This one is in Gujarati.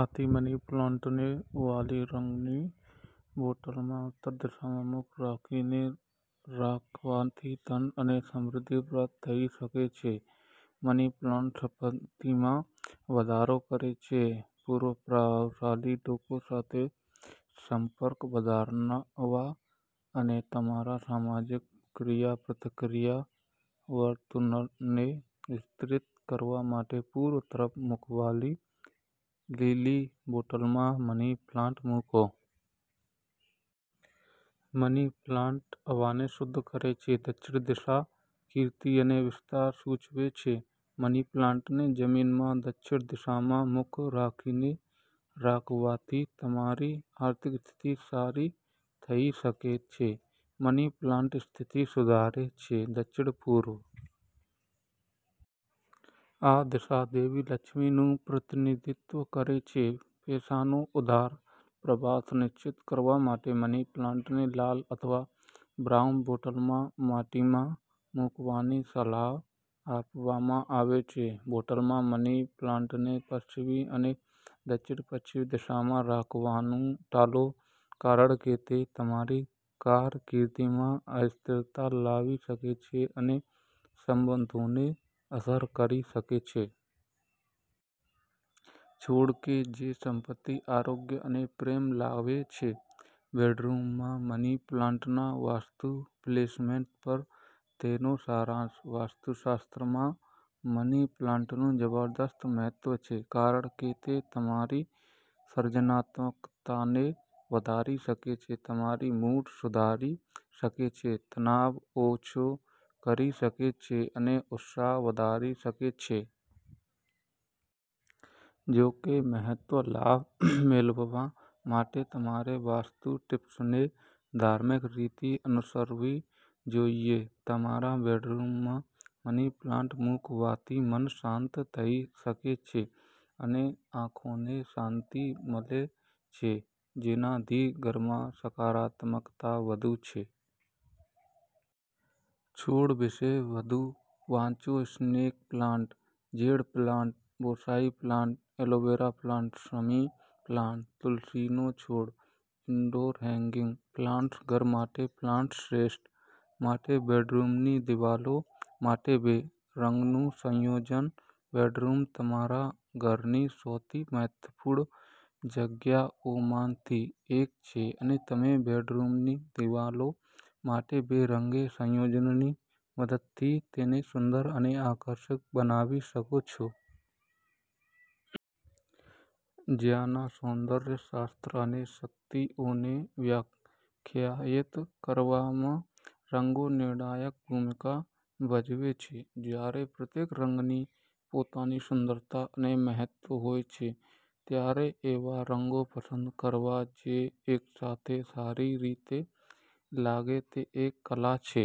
આથી મની પ્લોટને વાદળી રંગની બોટલમાં ઉત્તર દિશામાં મુખ રાખીને રાખવાથી ધન અને સમૃદ્ધિ પ્રાપ્ત થઈ શકે છે. મની પ્લાન્ટ સંપત્તિમાં વધારો કરે છે. પૂર્વપ્રપ્રભાવશાળી લોકો સાથે સંપર્કો વધારવા અને તમારા સામાજિક ક્રિયાપ્રતિક્રિયા વર્તુળને વિસ્તૃત કરવા માટે પૂર્વ તરફ મુખવાળી લીલી બોટલમાં મની પ્લાન્ટ મૂકો. મની પ્લાન્ટ હવાને શુદ્ધ કરે છે. દક્ષિણ દિશા કીર્તિ અને વિસ્તર સૂચવે છે. મની પ્લાન્ટને જમીનમાં દક્ષિણ દિશામાં મુખ રાખીને રાખવાથી તમારી આર્થિક સ્થિતિ સારી થઈ શકે છે. મની પ્લાન્ટ સ્થિતિ સુધારે છે .દક્ષિણ-પૂર્વ આ દિશા દેવી લક્ષ્મીનું પ્રતિનિધિત્વ કરે છે. પૈસાનો ઉદાર પ્રવાહ સુનિશ્ચિત કરવા માટે મની પ્લાન્ટને લાલ અથવા બ્રાઉન બોટલમાં માટીમાં મૂકવાની સલાહ આપવામાં આવે છે. બોટલમાં મની પ્લાન્ટને પશ્ચિમ અને દક્ષિણ-પશ્ચિમ દિશામાં રાખવાનું ટાલો, કારણ કે તે તમારી કારકિર્દીમાં અસ્થિરતા લાવી શકે છે અને સંબંધોને અસર કરી શકે છે. છોડ કે જે સંપત્તિ, આરોગ્ય અને પ્રેમ લાવે છે .બેડરૂમમાં મની પ્લાન્ટના વાસ્તુ પ્લેસમેન્ટ પર તેનો સારાંશ, વાસ્તુશાસ્ત્રમાં મની પ્લાન્ટનું જબરદસ્ત મહત્વ છે, કારણ કે તે તમારી સર્જનાત્મકતાને વધારી શકે છે, તમારો મૂડ સુધારી શકે છે, તણાવ ઓછો કરી શકે છે અને ઉત્સાહ વધારી શકે છે. જો કે, મહત્વ લાભ મેળવવા માટે તમારે વાસ્તુ ટીપ્સને ધાર્મિક રીતે અનુસરવી જોઈએ. તમારા બેડરૂમમાં મની પ્લાન્ટ મૂકવાથી મન શાંત થઈ શકે છે અને આંખોને શાંતી મળે છે, જેનાથી ઘરમાં સકારાત્મકતા વધે છે. છોડ વિશે વધુ વાંચો snake plant, jade plant ,bonsai plant, aloe vera plant, શમી પ્લાન્ટ ,તુલસીનો છોડ ,ઇન્ડોર હેંગિંગ પ્લાન્ટ્સ ઘર માટે પ્લાન્ટ શ્રેષ્ઠ. માટે બેડરૂમની દિવાલો માટે બે રંગનું સંયોજન, બેડરૂમતમારા ઘરની સૌથી મહત્વપૂર્ણ જગ્યાઓમાંથી એક છે અને તમે બેડરૂમની દિવાલો માટે બે રંગ સંયોજનોની મદદથી તેને સુંદર અને આકર્ષિત બનાવી શકો છો. જ્યાંના સૌંદર્ય શાસ્ત્ર અને શક્તિઓને વ્યાખ્યાયિત કરવામાં રંગો નિર્ણાયક ભૂમિકા ભજવે છે. જ્યારે દરેક રંગની પોતાની સુંદરતા અને મહત્વ હોય છે, ત્યારે એવા રંગો પસંદ કરવા જે એકસાથે સારી રીતે લાગે તે એક કલા છે.